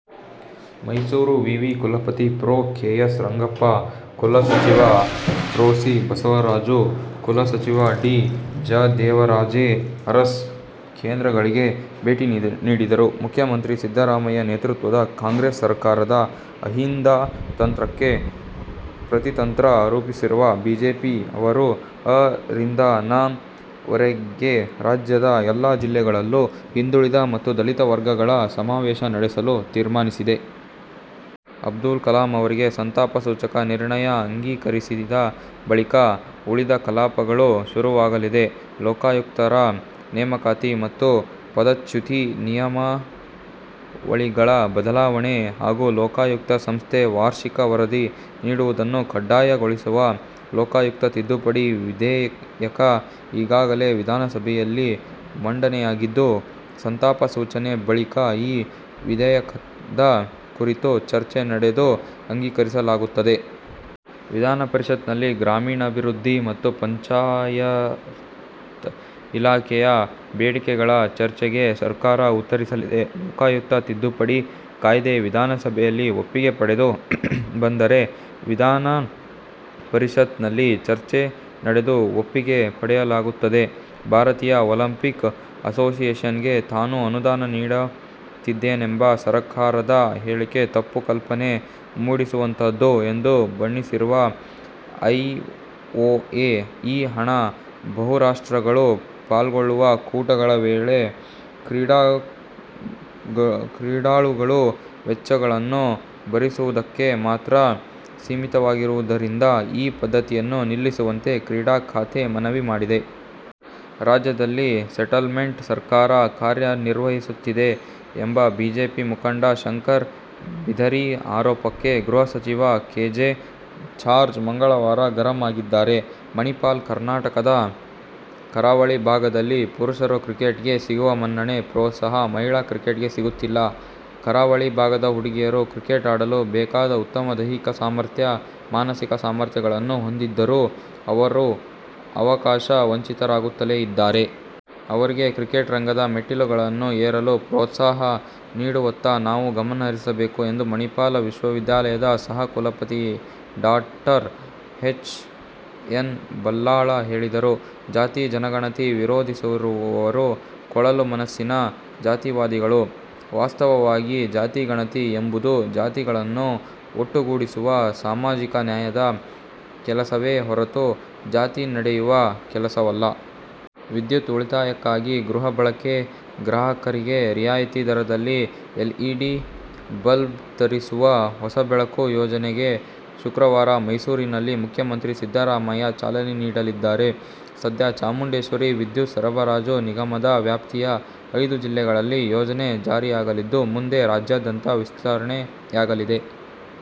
ಮೈಸೂರು ವಿವಿ ಕುಲಪತಿ pro. K. S. Rangappa, ಕುಲಸಚಿವ ಪ್ರೊ. ಸಿ. ಬಸವರಾಜು, ಕುಲಸಚಿವ ಡಿ. ಜಯದೇವರಾಜೇ ಅರಸ್ ಕೇಂದ್ರಗಳಿಗೆ ಭೇಟಿ ನೀಡಿದರು. ಮುಖ್ಯಮಂತ್ರಿ ಸಿದ್ದರಾಮಯ್ಯ ನೇತೃತ್ವದ ಕಾಂಗ್ರೆಸ್ ಸರ್ಕಾರದ ಅಹಿಂದ ತಂತ್ರಕ್ಕೆ ಪ್ರತಿತಂತ್ರ ರೂಪಿಸಿರುವ ಬಿಜೆಪಿ, ಬರುವ ಅ. ರಿಂದ ನ. ರವರೆಗೆ ರಾಜ್ಯದ ಎಲ್ಲ ಜಿಲ್ಲೆಗಳಲ್ಲೂ ಹಿಂದುಳಿದ ಮತ್ತು ದಲಿತ ವರ್ಗಗಳ ಸಮಾವೇಶ ನಡೆಸಲು ತೀರ್ಮಾನಿಸಿದೆ. ಅಬ್ದುಲ್ ಕಲಾಂ ಅವರಿಗೆ ಸಂತಾಪ ಸೂಚನಾ ನಿರ್ಣಯ ಅಂಗೀಕರಿಸಿದ ಬಳಿಕ ಉಳಿದ ಕಲಾಪಗಳು ಶುರುವಾಗಲಿದೆ. ಲೋಕಾಯುಕ್ತರ ನೇಮಕಾತಿ ಮತ್ತು ಪದಚ್ಯುತಿ ನಿಯಮಾವಳಿಗಳ ಬದಲಾವಣೆ ಹಾಗೂ ಲೋಕಾಯುಕ್ತ ಸಂಸ್ಥೆ ವಾರ್ಷಿಕ ವರದಿ ನೀಡುವುದನ್ನು ಕಡ್ಡಾಯಗೊಳಿಸುವ ಲೋಕಾಯುಕ್ತ ತಿದ್ದುಪಡಿ ವಿಧೇಯಕ ಈಗಾಗಲೇ ವಿಧಾನಸಭೆಯಲ್ಲಿ ಮಂಡನೆಯಾಗಿದ್ದು, ಸಂತಾಪ ಸೂಚನೆ ಬಳಿಕ ಈ ವಿಧೇಯಕದ ಕುರಿತು ಚರ್ಚೆ ನಡೆದು ಅಂಗೀಕರಿಸಲಾಗುತ್ತದೆ. ವಿಧಾನ ಪರಿಷತ್ತಿನಲ್ಲಿ ಗ್ರಾಮೀಣಾಭಿವೃದ್ಧಿ ಮತ್ತು ಪಂಚಾಯತ್ರಾಜ್ ಇಲಾಖೆಯ ಬೇಡಿಕೆಗಳ ಚರ್ಚೆಗೆ ಸರ್ಕಾರ ಉತ್ತರಿಸಲಿದೆ. ಲೋಕಾಯುಕ್ತ ತಿದ್ದುಪಡಿ ಕಾಯ್ದೆ ವಿಧಾನಸಭೆಯಲ್ಲಿ ಒಪ್ಪಿಗೆ ಪಡೆದು ಬಂದರೆ ವಿಧಾನ ಪರಿಷತ್ತಿನಲ್ಲಿ ಚರ್ಚೆ ನಡೆದು ಒಪ್ಪಿಗೆ ಪಡೆಯಲಾಗುತ್ತದೆ. ಭಾರತೀಯ ಒಲಿಂಪಿಕ್ ಎಸೋಸಿಯೇಶನ್ಗೆ ತಾನು ಅನುದಾನ ನೀಡುತ್ತಿದ್ದೇನೆಂಬ ಸರಕಾರದ ಹೇಳಿಕೆ ತಪ್ಪು ಕಲ್ಪನೆ ಮೂಡಿಸುವಂಥದ್ದುಎಂದು ಬಣ್ಣಿಸಿರುವ ಐಒಎ, ಈ ಹಣ ಬಹುರಾಷ್ಟ್ರಗಳು ಪಾಲ್ಗೊಳ್ಳುವ ಕೂಟಗಳ ವೇಳೆ ಕ್ರೀಡಾಳುಗಳ ವೆಚ್ಚಗಳನ್ನು ಭರಿಸುವುದಕ್ಕೆ ಮಾತ್ರ ಸೀಮಿತವಾಗಿರುವುದರಿಂದ ಈ ಪದ್ಧತಿಯನ್ನು ನಿಲ್ಲಿಸುವಂತೆ ಕ್ರೀಡಾ ಖಾತೆಗೆ ಮನವಿ ಮಾಡಿದೆ. ರಾಜ್ಯದಲ್ಲಿ ಸೆಟಲ್ ಮೆಂಟ್ ಸರ್ಕಾರ ಕಾರ್ಯನಿರ್ವಹಿಸುತ್ತಿದೆ ಎಂಬ ಬಿಜೆಪಿ ಮುಖಂಡ ಶಂಕರ ಬಿದರಿ ಆರೋಪಕ್ಕೆ ಗೃಹಸಚಿವ ಕೆ. ಜೆ. ಜಾರ್ಜ್ ಮಂಗಳವಾರ ಗರಂ ಆಗಿದ್ದಾರೆ. ಮಣಿಪಾಲ ಕರ್ನಾಟಕದ ಕರಾವಳಿ ಭಾಗದಲ್ಲಿ ಪುರುಷರ ಕ್ರಿಕೆಟಿಗೆ ಸಿಗುವ ಮನ್ನಣೆ, ಪ್ರೋತ್ಸಾಹ ಮಹಿಳಾ ಕ್ರಿಕೆಟಿಗೆ ಸಿಗುತ್ತಿಲ್ಲ. ಕರಾವಳಿ ಭಾಗದ ಹುಡುಗಿಯರು ಕ್ರಿಕೆಟ್ಆಡಲು ಬೇಕಾದ ಉತ್ತಮ ದೈಹಿಕ ಸಾಮರ್ಥ್ಯ, ಮಾನಸಿಕ ಸಾಮರ್ಥ್ಯಗಳನ್ನು ಹೊಂದಿದ್ದರೂ ಅವರು ಅವಕಾಶ ವಂಚಿತರಾಗುತ್ತಲೇ ಇದ್ದಾರೆ. ಅವರಿಗೆ ಕ್ರಿಕೆಟ್ ರಂಗದ ಮೆಟ್ಟಿಲುಗಳನ್ನು ಏರಲು ಪೋ›ತ್ಸಾಹ ನೀಡುವತ್ತ ನಾವು ಗಮನಹರಿಸಬೇಕು ಎಂದು ಮಣಿಪಾಲ ವಿಶ್ವವಿದ್ಯಾಲಯದ ಸಹ ಕುಲಾಧಿಪತಿ ಡಾ ಎಚ್. ಎಸ್. ಬಲ್ಲಾಳ್ ಹೇಳಿದರು. "ಜಾತಿ ಜನಗಣತಿ ವಿರೋಧಿಸುವವರು ಕೊಳಕು ಮನಸ್ಸಿನ ಜಾತಿವಾದಿಗಳು. ವಾಸ್ತವವಾಗಿ ಜಾತಿ ಗಣತಿ ಎಂಬುದು ಜಾತಿಗಳನ್ನು ಒಟ್ಟುಗೂಡಿಸುವ ಸಾಮಾಜಿಕ ನ್ಯಾಯದ ಕೆಲಸವೇ ಹೊರತು ಜಾತಿ ಒಡೆಯುವ ಕೆಲಸವಲ್ಲ. ವಿದ್ಯುತ್ ಉಳಿತಾಯಕ್ಕಾಗಿ ಗೃಹ ಬಳಕೆ ಗ್ರಾಹಕರಿಗೆ ರಿಯಾಯಿತಿ ದರದಲ್ಲಿ ಎಲ್ಇಡಿ ಬಲ್ಬ್ವಿ ತರಿಸುವ 'ಹೊಸ ಬೆಳಕು' ಯೋಜನೆಗೆ ಶುಕ್ರವಾರ ಮೈಸೂರಿನಲ್ಲಿ ಮುಖ್ಯಮಂತ್ರಿ ಸಿದ್ದರಾಮಯ್ಯ ಚಾಲನೆ ನೀಡಲಿದ್ದಾರೆ. ಸದ್ಯ ಚಾಮುಂಡೇಶ್ವರಿ ವಿದ್ಯುತ್ ಸರಬರಾಜು ನಿಗಮ ದ ವ್ಯಾಪ್ತಿಯ ಐದು ಜಿಲ್ಲೆಗಳಲ್ಲಿ ಯೋಜನೆ ಜಾರಿಯಾಗಲಿದ್ದು, ಮುಂದೆ ರಾಜ್ಯಾದ್ಯಂತ ವಿಸ್ತರಣೆಯಾಗಲಿದೆ.